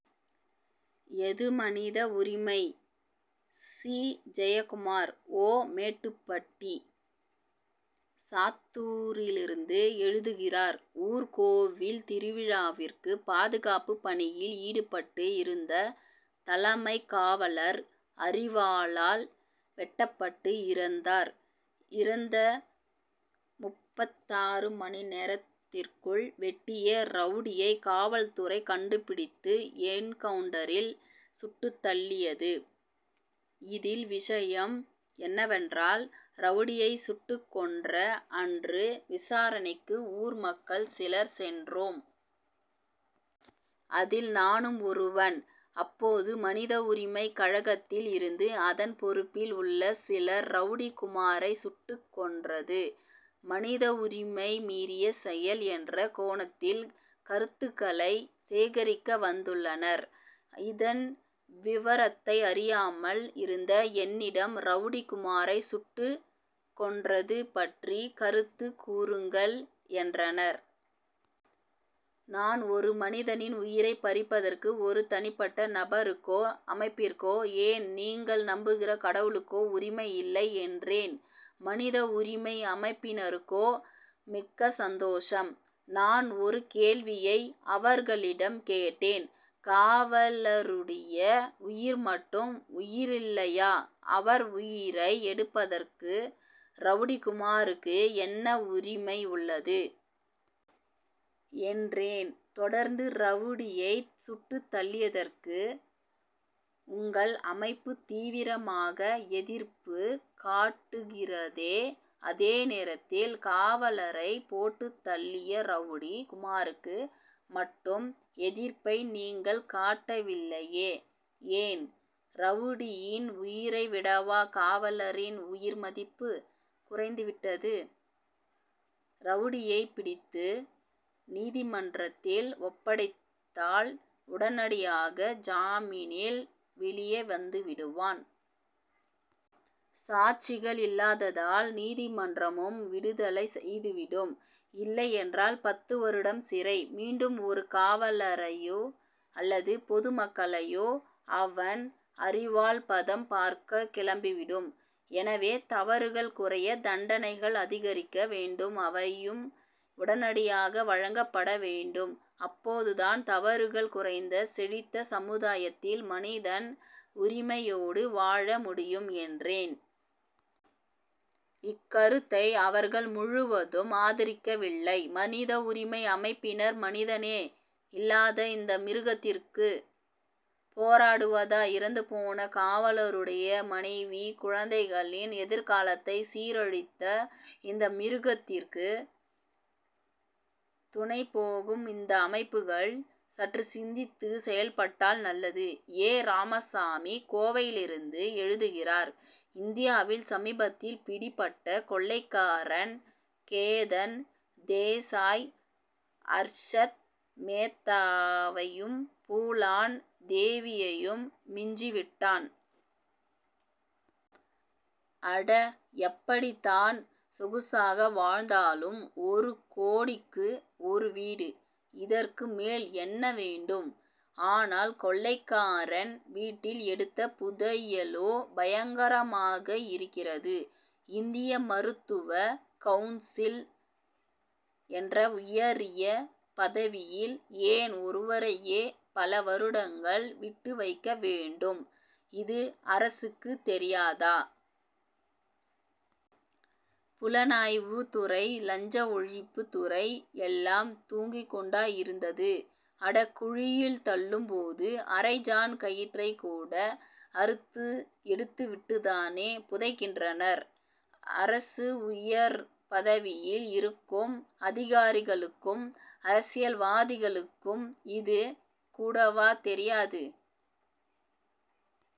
எது மனித உரிமை? சி. ஜெயக்குமார் ஓ. மேட்டுப்பட்டி சாத்தூரிலிருந்து எழுதுகிறார் ஊர் கோவில் திருவிழாவிற்கு பாதுகாப்பு பணியில் ஈடுபட்டு இருந்த தலைமை காவலர் அரிவாளால் வெட்டப்பட்டு இறந்தார். இறந்த முப்பத்தாறு மணி நேரத்திற்குள் வெட்டிய ரவுடியை காவல்துறை கண்டுபிடித்து என்கவுன்டரில் சுட்டுத் தள்ளியது. இதில் விஷயம் என்னவென்றால் ரவுடியை சுட்டுக் கொன்ற அன்று விசாரணைக்கு ஊர் மக்கள் சிலர் சென்றோம். அதில் நானும் ஒருவன். அப்போது மனித உரிமை கழகத்தில் இருந்து அதன் பொறுப்பில் உள்ள சிலர் ரவுடி குமாரை சுட்டுக் கொன்றது மனித உரிமை மீறிய செயல் என்ற கோணத்தில் கருத்துக்களை சேகரிக்க வந்துள்ளனர். இதன் விவரத்தை அறியாமல் இருந்த என்னிடம் ரவுடி குமாரை சுட்டுக் கொன்றது பற்றி கருத்து கூறுங்கள் என்றனர். நானும் ஒரு மனிதனின் உயிரை பறிப்பதற்கு ஒரு தனிப்பட்ட நபருக்கோ அமைப்பிற்கோ ஏன் நீங்கள் நம்புகிற கடவுளுக்கோ உரிமை இல்லை என்றேன். மனித உரிமை அமைப்பினருக்கோ மிக்க சந்தோஷம். நான் ஒரு கேள்வியை அவர்களிடம் கேட்டேன். காவலருடைய உயிர் மட்டும் உயிரில்லையா அவர் உயிரை எடுப்பதற்கு ரவுடி குமாருக்கு என்ன உரிமை உள்ளது? என்றேன். தொடர்ந்து ரவுடியை சுட்டுத் தள்ளியதற்கு உங்கள் அமைப்பு தீவிரமாக எதிர்ப்பு காட்டுகிறதே அதே நேரத்தில் காவலரை போட்டுத் தள்ளிய ரவுடி குமாருக்கு மட்டும் எதிர்ப்பை நீங்கள் காட்டவில்லையே ஏன்? ரவுடியின் உயிரை விடவா காவலரின் உயிர் மதிப்பு குறைந்து விட்டது. ரவுடியை பிடித்து நீதிமன்றத்தில் ஒப்படைத்தால் உடனடியாக ஜாமீனில் வெளியே வந்துவிடுவான். சாட்சிகள் இல்லாததால் நீதிமன்றமும் விடுதலை செய்துவிடும் இல்லை என்றால் பத்து வருடம் சிறை. மீண்டும் ஒரு காவலரையோ அல்லது பொதுமக்களையோ அவன் அரிவாள் பதம் பார்க்க கிளம்பிவிடும். எனவே தவறுகள் குறைய தண்டனைகள் அதிகரிக்க வேண்டும் அவையும் உடனடியாக வழங்கப்பட வேண்டும். அப்போதுதான் தவறுகள் குறைந்த செழித்த சமுதாயத்தில் மனிதன் உரிமையோடு வாழ முடியும் என்றேன். இக்கருத்தை அவர்கள் முழுவதும் ஆதரிக்கவில்லை. மனித உரிமை அமைப்பினர் மனிதனே இல்லாத இந்த மிருகத்திற்கு போராடுவதா? இறந்துபோன காவலருடைய மனைவி குழந்தைகளின் எதிர்காலத்தை சீரழித்த இந்த மிருகத்திற்கு துணை போகும் இந்த அமைப்புகள் சற்று சிந்தித்து செயல்பட்டால் நல்லது. எ. ராமசாமி கோவையிலிருந்து எழுதுகிறார் இந்தியாவில் சமீபத்தில் பிடிபட்ட கொள்ளைக்காரன் கேதன் தேசாய் அர்ஷத் மேத்தாவையும் பூலான் தேவியையும் மிஞ்சிவிட்டான். அட எப்படித்தான் சொகுசாக வாழ்ந்தாலும் ஒரு கோடிக்கு ஒரு வீடு. இதற்கு மேல் என்ன வேண்டும்? ஆனால் கொள்ளைக்காரன் வீட்டில் எடுத்த புதையலோ பயங்கரமாக இருக்கிறது. இந்திய மருத்துவ கவுன்சில் என்ற உயரிய பதவியில் ஏன் ஒருவரையே பல வருடங்கள் விட்டு வைக்க வேண்டும். இது அரசுக்கு தெரியாதா? புலனாய்வு துறை லஞ்ச ஒழிப்பு துறை எல்லாம் தூங்கி கொண்டா இருந்தது? அடகுழியில் தள்ளும் போது அரைஞாண் கயிற்றை கூட அறுத்து எடுத்து விட்டுத்தானே புதைக்கின்றனர். அரசு உயர் பதவியில் இருக்கும் அதிகாரிகளுக்கும் அரசியல்வாதிகளுக்கும் இது கூடவா தெரியாது.